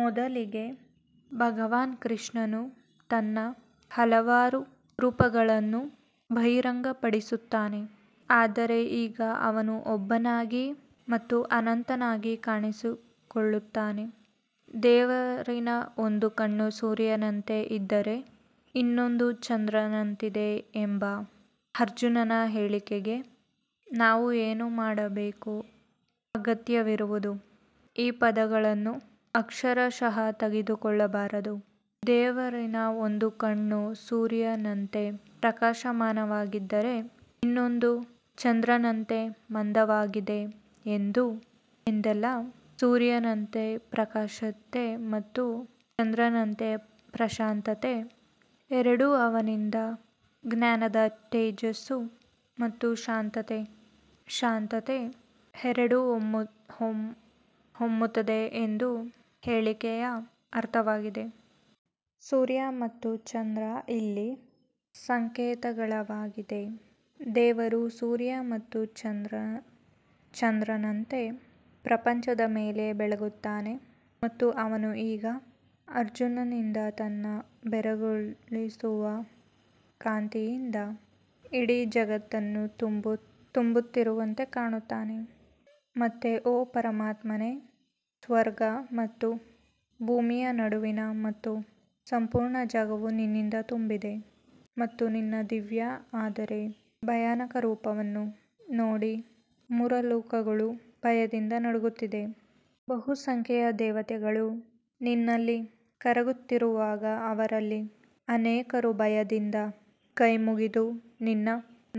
ಮೊದಲಿಗೆ ಭಗವಾನ್ ಕೃಷ್ಣನು ತನ್ನ ಹಲವಾರು ರೂಪಗಳನ್ನು ಬಹಿರಂಗಪಡಿಸುತ್ತಾನೆ ಆದರೆ ಈಗ ಅವನು ಒಬ್ಬನಾಗಿ ಮತ್ತು ಅನಂತನಾಗಿ ಕಾಣಿಸಿಕೊಳ್ಳುತ್ತಾನೆ ದೇವರ ಒಂದು ಕಣ್ಣು ಸೂರ್ಯನಂತೆ ಇದ್ದರೆ ಇನ್ನೊಂದು ಚಂದ್ರನಂತಿದೆ ಎಂಬ ಅರ್ಜುನನ ಹೇಳಿಕೆಗೆ ನಾವು ಏನು ಮಾಡಬೇಕು ಅಗತ್ಯವಿರುವುದು ಈ ಪದಗಳನ್ನು ಅಕ್ಷರಶಃ ತೆಗೆದುಕೊಳ್ಳಬಾರದು ದೇವರ ಒಂದು ಕಣ್ಣು ಸೂರ್ಯನಂತೆ ಪ್ರಕಾಶಮಾನವಾಗಿದ್ದರೆ ಇನ್ನೊಂದು ಚಂದ್ರನಂತೆ ಮಂದವಾಗಿದೆ ಎಂದಲ್ಲ ಸೂರ್ಯನಂತಹ ಪ್ರಖರತೆ ಮತ್ತು ಚಂದ್ರನಂತಹ ಪ್ರಶಾಂತತೆ ಎರಡೂ ಅವನಿಂದ ಜ್ಞಾನದ ತೇಜಸ್ಸು ಮತ್ತು ಶಾಂತತೆಯ ಶಾಂತತೆ ಎರಡೂ ಹೊರಹೊಮ್ಮುತ್ತವೆ ಎಂಬುದು ಹೇಳಿಕೆಯ ಅರ್ಥವಾಗಿದೆ. ಸೂರ್ಯ ಮತ್ತು ಚಂದ್ರ ಇಲ್ಲಿ ಸಂಕೇತಗಳಾಗಿವೆ ದೇವರು ಸೂರ್ಯ ಮತ್ತು ಚಂದ್ರರಂತೆ ಪ್ರಪಂಚದ ಮೇಲೆ ಬೆಳಗುತ್ತಾನೆ ಮತ್ತು ಅವನು ಈಗ ಅರ್ಜುನನಿಂದ ತನ್ನ ಬೆರಗುಗೊಳಿಸುವ ಕಾಂತಿಯಿಂದ ಇಡೀ ಜಗತ್ತನ್ನು ತುಂಬುತ್ತಿರುವಂತೆ ಕಾಣುತ್ತಾನೆ. ಮತ್ತು ಓ ಪರಮಾತ್ಮನೇ, ಸ್ವರ್ಗ ಮತ್ತು ಭೂಮಿಯ ನಡುವಿನ ಸಂಪೂರ್ಣ ಜಾಗವು ನಿನ್ನಿಂದ ತುಂಬಿದೆ ಮತ್ತು ನಿನ್ನ ದಿವ್ಯ ಆದರೆ ಭಯಾನಕ ರೂಪವನ್ನು ನೋಡಿ ಮೂರು ಲೋಕಗಳು ಭಯದಿಂದ ನಡುಗುತ್ತಿವೆ. ಬಹುಸಂಖ್ಯೆಯ ದೇವತೆಗಳು ನಿನ್ನಲ್ಲಿ ಕರಗುತ್ತಿರುವಾಗ ಅವರಲ್ಲಿ ಅನೇಕರು ಭಯದಿಂದ ಕೈಮುಗಿದು ನಿನ್ನ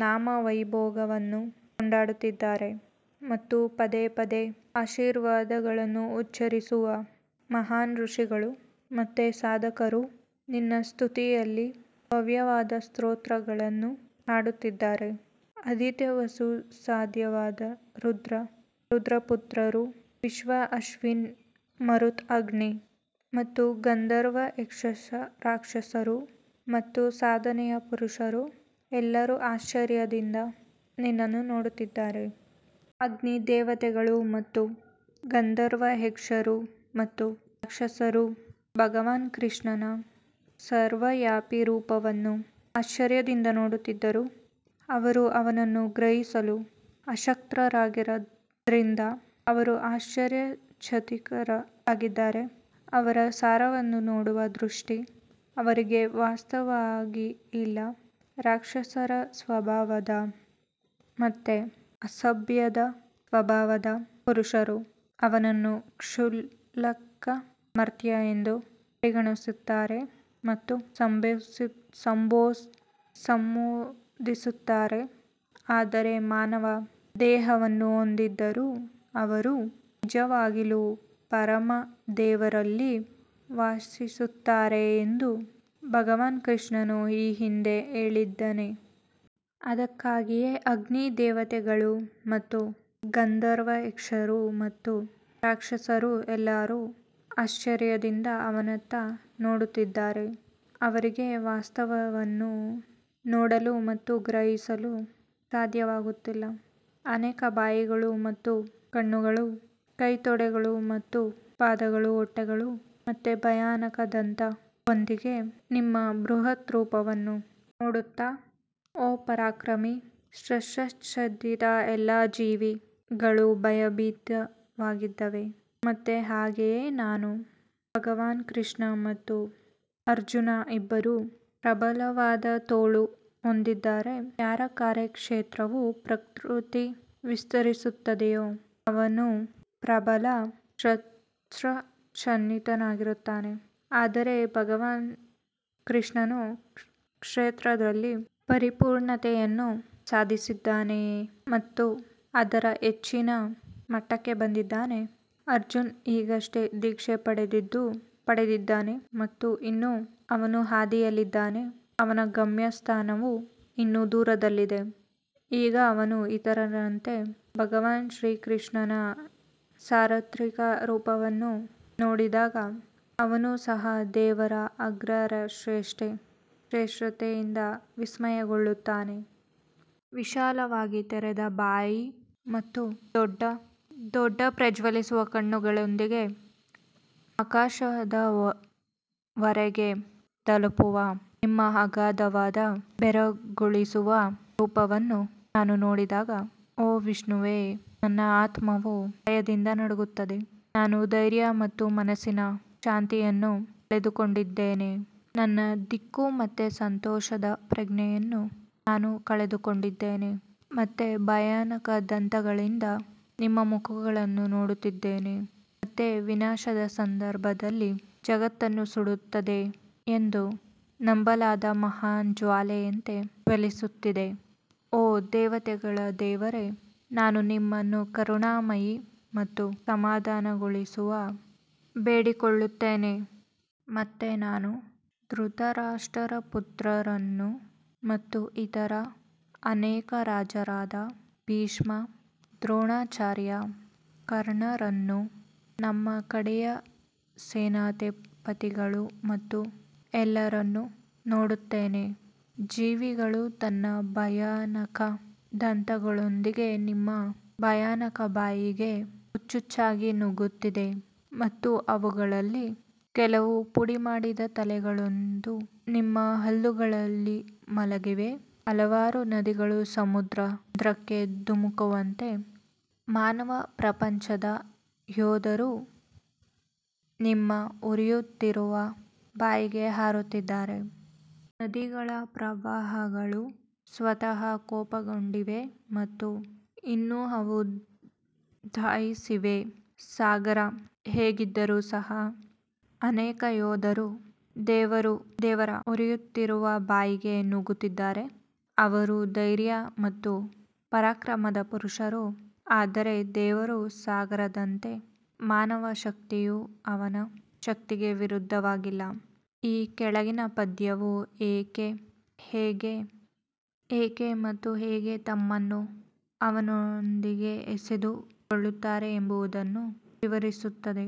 ನಾಮ ವೈಭವಗಳನ್ನು ಕೊಂಡಾಡುತ್ತಿದ್ದಾರೆ ಮತ್ತು ಪದೇ ಪದೇ ಆಶೀರ್ವಾದವನ್ನು ಉಚ್ಛರಿಸುವ ಮಹಾನ್ ಋಷಿಗಳು ಮತ್ತು ಸಾಧಕರು ನಿನ್ನ ಸ್ತುತಿಯಲ್ಲಿ ಭವ್ಯವಾದ ಸ್ತೋತ್ರಗಳನ್ನು ಹಾಡುತ್ತಿದ್ದಾರೆ. ಅದಿತಿ ವಸು ಸಧ್ಯದ ರುದ್ರ ಪುತ್ರರು ವಿಶ್ವ ಅಶ್ವಿನ್ ಮರುತ್ ಅಗ್ನಿ ಮತ್ತು ಗಂಧರ್ವ ಯಕ್ಷ ರಾಕ್ಷಸರು ಮತ್ತು ಸಾಧನೆಯ ಪುರುಷರು ಎಲ್ಲರೂ ಆಶ್ಚರ್ಯದಿಂದ ನಿನ್ನನ್ನು ನೋಡುತ್ತಿದ್ದಾರೆ. ಅಗ್ನಿ ದೇವತೆಗಳು ಮತ್ತು ಗಂಧರ್ವ ಯಕ್ಷರು ಮತ್ತು ರಾಕ್ಷಸರು ಭಗವಾನ್ ಕೃಷ್ಣನ ಸರ್ವವ್ಯಾಪಿ ರೂಪವನ್ನು ಆಶ್ಚರ್ಯದಿಂದ ನೋಡುತ್ತಿದ್ದನು ಅವರು ಅವನನ್ನು ಗ್ರಹಿಸಲು ಅಶಕ್ತರಾಗಿರುವುದರಿಂದ ಅವರು ಆಶ್ಚರ್ಯಚಕಿತರಾಗಿದ್ದಾರೆ ಅವರ ಸಾರವನ್ನು ನೋಡುವ ದೃಷ್ಟಿ ಅವರಿಗೆ ವಾಸ್ತವವಾಗಿ ಇಲ್ಲ ರಾಕ್ಷಸ ಸ್ವಭಾವದ ಮತ್ತು ಅಸಭ್ಯ ಸ್ವಭಾವದ ಪುರುಷರು ಅವನನ್ನು ಕ್ಷುಲ್ಲಕ ಮರ್ತ್ಯ ಎಂದು ಪರಿಗಣಿಸುತ್ತಾರೆ ಮತ್ತು ಸಂಬೋಧಿಸುತ್ತಾರೆ ಆದರೆ ಮಾನವ ದೇಹವನ್ನು ಹೊಂದಿದ್ದರೂ ಅವರು ನಿಜವಾಗಿಯೂ ಪರಮ ದೇವರಲ್ಲಿ ವಾಸಿಸುತ್ತಾರೆ ಎಂದು ಭಗವಾನ್ ಕೃಷ್ಣನು ಈ ಹಿಂದೆ ಹೇಳಿದ್ದಾನೆ. ಅದಕ್ಕಾಗಿಯೇ ಅಗ್ನಿ ದೇವತೆಗಳು ಮತ್ತು ಗಂಧರ್ವ ಯಕ್ಷರು ಮತ್ತು ರಾಕ್ಷಸರು ಎಲ್ಲರೂ ಆಶ್ಚರ್ಯದಿಂದ ಅವನತ್ತ ನೋಡುತ್ತಿದ್ದಾರೆ. ಅವರಿಗೆ ವಾಸ್ತವವನ್ನು ನೋಡಲು ಮತ್ತು ಗ್ರಹಿಸಲು ಸಾಧ್ಯವಾಗುತ್ತಿಲ್ಲ ಅನೇಕ ಬಾಯಿಗಳು ಮತ್ತು ಕಣ್ಣುಗಳು ಕೈ ತೊಡೆಗಳು ಮತ್ತು ಪಾದಗಳು ಹೊಟ್ಟೆಗಳು ಮತ್ತು ಭಯಾನಕ ದಂತಗಳೊಂದಿಗೆ ನಿಮ್ಮ ಬೃಹತ್ ರೂಪವನ್ನು ನೋಡುತ್ತಾ ಓ ಪರಾಕ್ರಮಿ ಶಸ್ತ್ರಸಜ್ಜಿತ ಎಲ್ಲಾ ಜೀವಿಗಳು ಭಯಭೀತರಾಗಿದ್ದಾರೆ ಮತ್ತು ಹಾಗೆಯೇ ನಾನು ಭಗವಾನ್ ಕೃಷ್ಣ ಮತ್ತು ಅರ್ಜುನ್ ಇಬ್ಬರೂ ಪ್ರಬಲವಾದ ತೋಳುಗಳನ್ನು ಹೊಂದಿದ್ದಾರೆ ಯಾರ ಕಾರ್ಯಕ್ಷೇತ್ರವು ಪ್ರಕೃತಿಯನ್ನು ಮೀರಿ ವಿಸ್ತರಿಸುತ್ತದೆಯೋ ಅವನು ಪ್ರಬಲ ಶಸ್ತ್ರಸಜ್ಜಿತನಾಗಿರುತ್ತಾನೆ ಆದರೆ ಭಗವಾನ್ ಕೃಷ್ಣನು ಕ್ಷೇತ್ರದಲ್ಲಿ ಪರಿಪೂರ್ಣತೆಯನ್ನು ಸಾಧಿಸಿದ್ದಾನೆ ಮತ್ತು ಅದರ ಹೆಚ್ಚಿನ ಮಟ್ಟಕ್ಕೆ ಬಂದಿದ್ದಾನೆ ಅರ್ಜುನ್ ಈಗಷ್ಟೇ ದೀಕ್ಷೆ ಪಡೆದಿದ್ದಾನೆ ಮತ್ತು ಇನ್ನೂ ಅವನ ಹಾದಿಯಲ್ಲಿದ್ದಾನೆ ಅವನ ಗಮ್ಯಸ್ಥಾನವು ಇನ್ನೂ ದೂರದಲ್ಲಿದೆ ಈಗ ಅವನು ಇತರರಂತೆ ಭಗವಾನ್ ಕೃಷ್ಣನ ಸಾರ್ವತ್ರಿಕ ರೂಪವನ್ನು ನೋಡಿದಾಗ ಅವನು ಸಹ ದೇವರ ಅಗ್ರಾಹ್ಯ ಶ್ರೇಷ್ಠತೆಯಿಂದ ವಿಸ್ಮಯಗೊಳ್ಳುತ್ತಾನೆ. ವಿಶಾಲವಾದ ತೆರೆದ ಬಾಯಿ ಮತ್ತು ದೊಡ್ಡ ಪ್ರಜ್ವಲಿಸುವ ಕಣ್ಣುಗಳೊಂದಿಗೆ ಆಕಾಶದವರೆಗೆ ತಲುಪುವ ನಿಮ್ಮ ಅಗಾಧವಾದ ಬೆರಗುಗೊಳಿಸುವ ರೂಪವನ್ನು ನಾನು ನೋಡಿದಾಗ, ಓ ವಿಷ್ಣುವೇ ನನ್ನ ಆತ್ಮವು ಭಯದಿಂದ ನಡುಗುತ್ತದೆ, ನಾನು ಧೈರ್ಯ ಮತ್ತು ಮನಸ್ಸಿನ ಶಾಂತಿಯನ್ನು ಕಳೆದುಕೊಂಡಿದ್ದೇನೆ. ನನ್ನ ದಿಕ್ಕು ಮತ್ತು ಸಂತೋಷದ ಪ್ರಜ್ಞೆಯನ್ನು ನಾನು ಕಳೆದುಕೊಂಡಿದ್ದೇನೆ ಮತ್ತು ಭಯಾನಕ ದಂತಗಳಿಂದ ನಿಮ್ಮ ಮುಖಗಳನ್ನು ನೋಡುತ್ತಿದ್ದೇನೆ ಮತ್ತು ವಿನಾಶದ ಸಂದರ್ಭದಲ್ಲಿ ಜಗತ್ತನ್ನು ಸುಡುತ್ತದೆ ಎಂದು ನಂಬಲಾದ ಮಹಾನ್ ಜ್ವಾಲೆಯಂತೆ ಜ್ವಲಿಸುತ್ತಿದೆ, ಓ ದೇವತೆಗಳ ದೇವರೇ, ನಾನು ನಿನ್ನನ್ನು ಕರುಣಾಮಯಿ ಮತ್ತು ಸಮಾಧಾನಗೊಳಿಸುವಂತೆ ಬೇಡಿಕೊಳ್ಳುತ್ತೇನೆ. ಮತ್ತು ನಾನು ಧೃತರಾಷ್ಟ್ರರ ಪುತ್ರರನ್ನು ಮತ್ತು ಇತರ ಅನೇಕ ರಾಜರಾದ ಭೀಷ್ಮ ದ್ರೋಣಾಚಾರ್ಯ ಕರ್ಣರನ್ನು ನಮ್ಮ ಕಡೆಯ ಸೇನಾಧಿಪತಿಗಳು ಮತ್ತು ಎಲ್ಲರನ್ನೂ ನೋಡುತ್ತೇನೆ. ಜೀವಿಗಳು ತನ್ನ ಭಯಾನಕ ದಂತಗಳೊಂದಿಗೆ ನಿಮ್ಮ ಭಯಾನಕ ಬಾಯಿಗೆ ಹುಚ್ಚುಚ್ಚಾಗಿ ನುಗ್ಗುತ್ತಿವೆ ಮತ್ತು ಅವುಗಳಲ್ಲಿ ಕೆಲವು ಪುಡಿಮಾಡಿದ ತಲೆಗಳೊಂದಿಗೆ ನಿಮ್ಮ ಹಲ್ಲುಗಳ ನಡುವೆ ಮಲಗಿವೆ ಹಲವಾರು ನದಿಗಳು ಸಮುದ್ರಕ್ಕೆ ಧುಮುಕುವಂತೆಯೇ ಮಾನವ ಪ್ರಪಂಚದ ಯೋಧರು ನಿಮ್ಮ ಉರಿಯುತ್ತಿರುವ ಬಾಯಿಗೆ ಹಾರುತ್ತಿದ್ದಾರೆ. ನದಿಗಳ ಪ್ರವಾಹಗಳು ಸ್ವತಃ ಕೋಪಗೊಂಡಿವೆ ಮತ್ತು ಇನ್ನೂ ಅವು ಧಾವಿಸಿವೆ ಸಾಗರ ಹೀಗಿದ್ದರೂ ಸಹ ಅನೇಕ ಯೋಧರು ದೇವರ ಉರಿಯುತ್ತಿರುವ ಬಾಯಿಗೆ ನುಗ್ಗುತ್ತಿದ್ದಾರೆ ಅವರು ಧೈರ್ಯ ಮತ್ತು ಪರಾಕ್ರಮದ ಪುರುಷರು ಆದರೆ ದೇವರು ಸಾಗರದಂತೆ ಮಾನವ ಶಕ್ತಿಯು ಅವನ ಶಕ್ತಿಗೆ ವಿರುದ್ಧವಾಗಿಲ್ಲ ಈ ಕೆಳಗಿನ ಪದ್ಯವು ಅವರು ಏಕೆ ಮತ್ತು ಹೇಗೆ ತನ್ನನ್ನು ಅವನೊಳಗೆ ಎಸೆಯುತ್ತಾರೆ ಎಂಬುದನ್ನು ವಿವರಿಸುತ್ತದೆ.